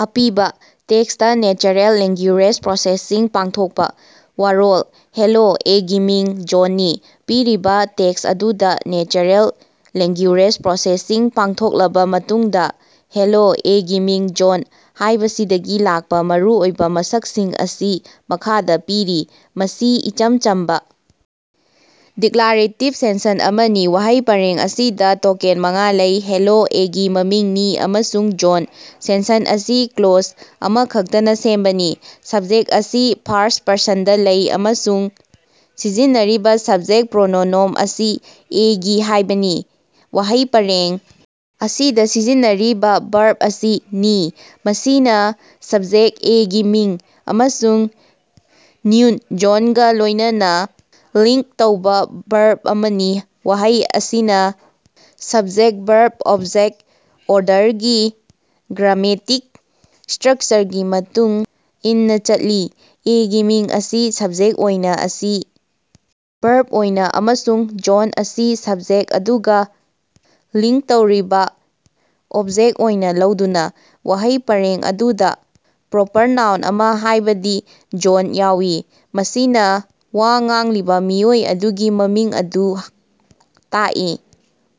ꯑꯄꯤꯕ: text natural language processing ꯄꯥꯡꯊꯣꯛꯄ꯫ ꯋꯥꯔꯣꯜ: ꯍꯦꯜꯂꯣ, ꯑꯩꯒꯤ ꯃꯤꯡ ꯖꯣꯟꯅꯤ꯫ ꯄꯤꯔꯤꯕ ꯇꯦꯛꯁ ꯑꯗꯨꯗ ꯅꯦꯆꯔꯦꯜ ꯂꯦꯉ꯭ꯒꯨꯌꯦꯖ ꯄ꯭ꯔꯣꯁꯦꯁꯤꯡ ꯄꯥꯡꯊꯣꯛꯂꯕ ꯃꯇꯨꯡꯗ, "ꯍꯦꯂꯣ, ꯑꯩꯒꯤ ꯃꯤꯡ ꯖꯣꯟ" ꯍꯥꯏꯕꯁꯤꯗꯒꯤ ꯂꯥꯛꯄ ꯃꯔꯨꯑꯣꯏꯕ ꯃꯁꯛꯁꯤꯡ ꯑꯁꯤ ꯃꯈꯥꯗ ꯄꯤꯔꯤ: ꯃꯁꯤ ꯏꯆꯝ ꯆꯝꯕ ꯗꯤꯛꯂꯥꯔꯦꯇꯤꯕ ꯁꯦꯟꯁꯟ ꯑꯃꯅꯤ꯫ ꯋꯥꯍꯩ ꯄꯔꯦꯡ ꯑꯁꯤꯗ ꯇꯣꯀꯦꯟ ꯃꯉꯥ ꯂꯩ: "ꯍꯦꯂꯣ", "ꯑꯩꯒꯤ", "ꯃꯃꯤꯡ", "ꯅꯤ", ꯑꯃꯁꯨꯡ "ꯖꯣꯟ" ꯁꯦꯟꯁꯟ ꯑꯁꯤ ꯀ꯭ꯂꯣꯖ ꯑꯃꯈꯛꯇꯅ ꯁꯦꯝꯕꯅꯤ꯫ ꯁꯕꯖꯦꯛꯇ ꯑꯁꯤ ꯐꯥꯔꯁ꯭ꯠ-ꯄꯔꯁꯟꯗ ꯂꯩ ꯑꯃꯁꯨꯡ ꯁꯤꯖꯤꯟꯅꯔꯤꯕ ꯁꯕꯖꯦꯛꯇ ꯄ꯭ꯔꯣꯅꯣꯅꯣꯝ ꯑꯁꯤ "ꯑꯩꯒꯤ" ꯍꯥꯏꯕꯅꯤ꯫ ꯋꯥꯍꯩ ꯄꯔꯦꯡ ꯑꯁꯤꯗ ꯁꯤꯖꯤꯟꯅꯔꯤꯕ ꯚꯥ꯭ꯔꯕ ꯑꯁꯤ "ꯅꯤ", ꯃꯁꯤꯅ ꯁꯕ꯭ꯖꯦꯛ "ꯑꯩꯒꯤ ꯃꯤꯡ" ꯑꯃꯁꯨꯡ ꯅ꯭ꯌꯨꯟ "ꯖꯣꯟ"ꯒ ꯂꯣꯏꯅꯅ ꯂꯤꯉ꯭ꯛ ꯇꯧꯕ ꯚꯥꯔꯕ ꯑꯃꯅꯤ ꯋꯥꯍꯩ ꯑꯁꯤꯅ ꯁꯕꯖꯦꯛ -ꯚꯥꯔꯕ-ꯑꯣꯕꯖꯦꯛ ꯑꯣꯔꯗꯔꯒꯤ ꯒ꯭ꯔꯥꯃꯦꯇꯤꯛ ꯁ꯭ꯇꯔꯛꯆꯔꯒꯤ ꯃꯇꯨꯡ ꯏꯟꯅ ꯆꯠꯂꯤ꯫ "ꯑꯩꯒꯤ ꯃꯤꯡ" ꯑꯁꯤ ꯁꯕꯖꯦꯛ ꯑꯣꯏꯅ ꯑꯁꯤ ꯚꯥꯔꯕ ꯑꯣꯏꯅ, ꯑꯃꯁꯨꯡ "ꯖꯣꯟ" ꯑꯁꯤ ꯁꯕꯖꯦꯛ ꯑꯗꯨꯒ ꯂꯤꯉ꯭ꯛ ꯇꯧꯔꯤꯕ ꯑꯣꯕꯖꯦꯛꯇ ꯑꯣꯏꯅ ꯂꯧꯗꯨꯅ꯫ ꯋꯥꯍꯩ ꯄꯔꯦꯡ ꯑꯗꯨꯗ ꯄ꯭ꯔꯣꯄꯔ ꯅꯥꯎꯟ ꯑꯃ ꯍꯥꯏꯕꯗꯤ "ꯖꯣꯟ" ꯌꯥꯎꯏ꯫ ꯃꯁꯤꯅ ꯋꯥ ꯉꯥꯡꯂꯤꯕ ꯃꯤꯑꯣꯏ ꯑꯗꯨꯒꯤ ꯃꯃꯤꯡ ꯑꯗꯨ ꯇꯥꯛꯏ꯫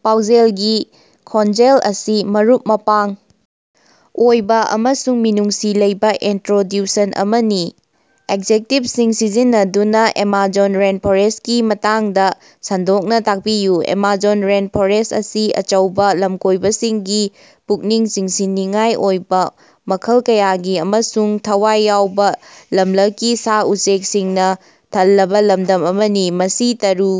ꯄꯥꯎꯖꯦꯜꯒꯤ ꯈꯣꯟꯖꯦꯜ ꯑꯁꯤ ꯃꯔꯨꯞ-ꯃꯄꯥꯡ ꯑꯣꯏꯕ ꯑꯃꯁꯨꯡ ꯃꯤꯅꯨꯡꯁꯤ ꯂꯩꯕ ꯏꯟꯇ꯭ꯔꯣꯗ꯭ꯌꯨꯁꯟ ꯑꯃꯅꯤ꯫ ꯑꯦꯖꯦꯛꯇꯤꯚꯁꯤꯡ ꯁꯤꯖꯤꯟꯅꯗꯨꯅꯥ ꯑꯦꯃꯥꯖꯣꯟ ꯔꯦꯟꯐꯣꯔꯦꯁ꯭ꯠꯀꯤ ꯃꯇꯥꯡꯗ ꯁꯟꯗꯣꯛꯅ ꯇꯥꯛꯄꯤꯌꯨ꯫ ꯑꯦꯃꯥꯖꯣꯟ ꯔꯦꯟꯐ꯭ꯣꯔꯦꯁ꯭ꯠ ꯑꯁꯤ ꯑꯆꯧꯕ ꯂꯝꯀꯣꯏꯕꯁꯤꯡꯒꯤ ꯄꯨꯛꯅꯤꯡ ꯆꯤꯡꯁꯤꯟꯅꯤꯡꯉꯥꯏ ꯑꯣꯏꯕ ꯃꯈꯜ ꯀꯌꯥꯒꯤ ꯑꯃꯁꯨꯡ ꯊꯋꯥꯏ ꯌꯥꯎꯕ ꯂꯝꯂꯛꯀꯤ ꯁꯥ-ꯎꯆꯦꯛꯁꯤꯡꯅ ꯊꯜꯂꯕ ꯂꯝꯗꯝ ꯑꯃꯅꯤ꯫ ꯃꯁꯤ ꯇꯔꯨ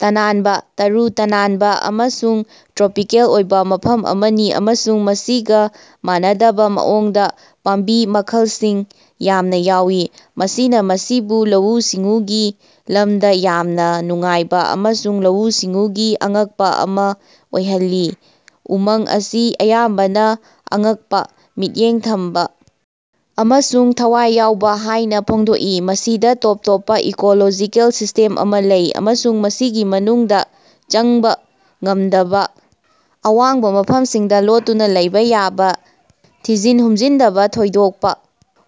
ꯇꯅꯥꯟꯕ, ꯇꯔꯨ ꯇꯅꯥꯟꯕ ꯑꯃꯁꯨꯡ ꯇ꯭ꯔꯣꯄꯤꯀꯦꯜ ꯑꯣꯏꯕ ꯃꯐꯝ ꯑꯃꯅꯤ ꯑꯃꯁꯨꯡ ꯃꯁꯤꯒ ꯃꯥꯟꯅꯗꯕ ꯃꯑꯣꯡꯗ ꯄꯥꯝꯕꯤ ꯃꯈꯜꯁꯤꯡ ꯌꯥꯝꯅ ꯌꯥꯎꯏ꯫ ꯃꯁꯤꯅ ꯃꯁꯤꯕꯨ ꯂꯧꯎ-ꯁꯤꯡꯎꯒꯤ ꯂꯝꯗ ꯌꯥꯝꯅ ꯅꯨꯡꯉꯥꯏꯕ ꯑꯃꯁꯨꯡ ꯂꯧꯎ-ꯁꯤꯡꯎꯒꯤ ꯑꯉꯛꯄ ꯑꯃ ꯑꯣꯏꯍꯜꯂꯤ꯫ ꯎꯃꯪ ꯑꯁꯤ ꯑꯌꯥꯝꯕꯅ ꯑꯉꯛꯄ, ꯃꯤꯠꯌꯦꯡ ꯊꯝꯕ ꯑꯃꯁꯨꯡ ꯊꯋꯥꯏ ꯌꯥꯎꯕ ꯍꯥꯏꯅ ꯐꯣꯡꯗꯣꯛꯏ꯫ ꯃꯁꯤꯗ ꯇꯣꯞ ꯇꯣꯞꯄ ꯏꯀꯣꯂꯣꯖꯤꯀꯦꯜ ꯁꯤꯁ꯭ꯇꯦꯝ ꯑꯃꯥ ꯂꯩ꯫ ꯑꯃꯁꯨꯡ ꯃꯁꯤꯒꯤ ꯃꯅꯨꯡꯗ ꯆꯪꯕ ꯉꯝꯗꯕ ꯑꯋꯥꯡꯕ ꯃꯐꯝꯁꯤꯡꯗ ꯂꯣꯠꯇꯨꯅ ꯂꯩꯕ ꯌꯥꯕ ꯊꯤꯖꯤꯟ ꯍꯨꯝꯖꯤꯟꯗꯕ ꯊꯣꯏꯗꯣꯛꯄ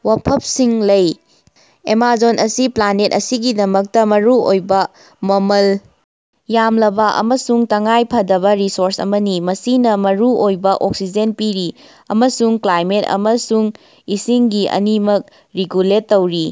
ꯋꯥꯐꯞꯁꯤꯡ ꯂꯩ꯫ ꯑꯦꯃꯥꯖꯣꯟ ꯑꯁꯤ ꯄ꯭ꯂꯥꯅꯦꯠ ꯑꯁꯤꯒꯤꯗꯃꯛꯇ ꯃꯔꯨꯑꯣꯏꯕ ꯃꯃꯜ ꯌꯥꯝꯂꯕ ꯑꯃꯁꯨꯡ ꯇꯉꯥꯏ ꯐꯗꯕ ꯔꯤꯁꯣꯔꯁ ꯑꯃꯅꯤ꯫ ꯃꯁꯤꯅ ꯃꯔꯨꯑꯣꯏꯕ ꯑꯣꯛꯁꯤꯖꯦꯟ ꯄꯤꯔꯤ꯫ ꯑꯃꯁꯨꯡ ꯀ꯭ꯂꯥꯏꯃꯦꯠ ꯑꯃꯁꯨꯡ ꯏꯁꯤꯡꯒꯤ ꯑꯅꯤꯃꯛ ꯔꯤꯒꯨꯂꯦꯠ ꯇꯧꯔꯤ꯫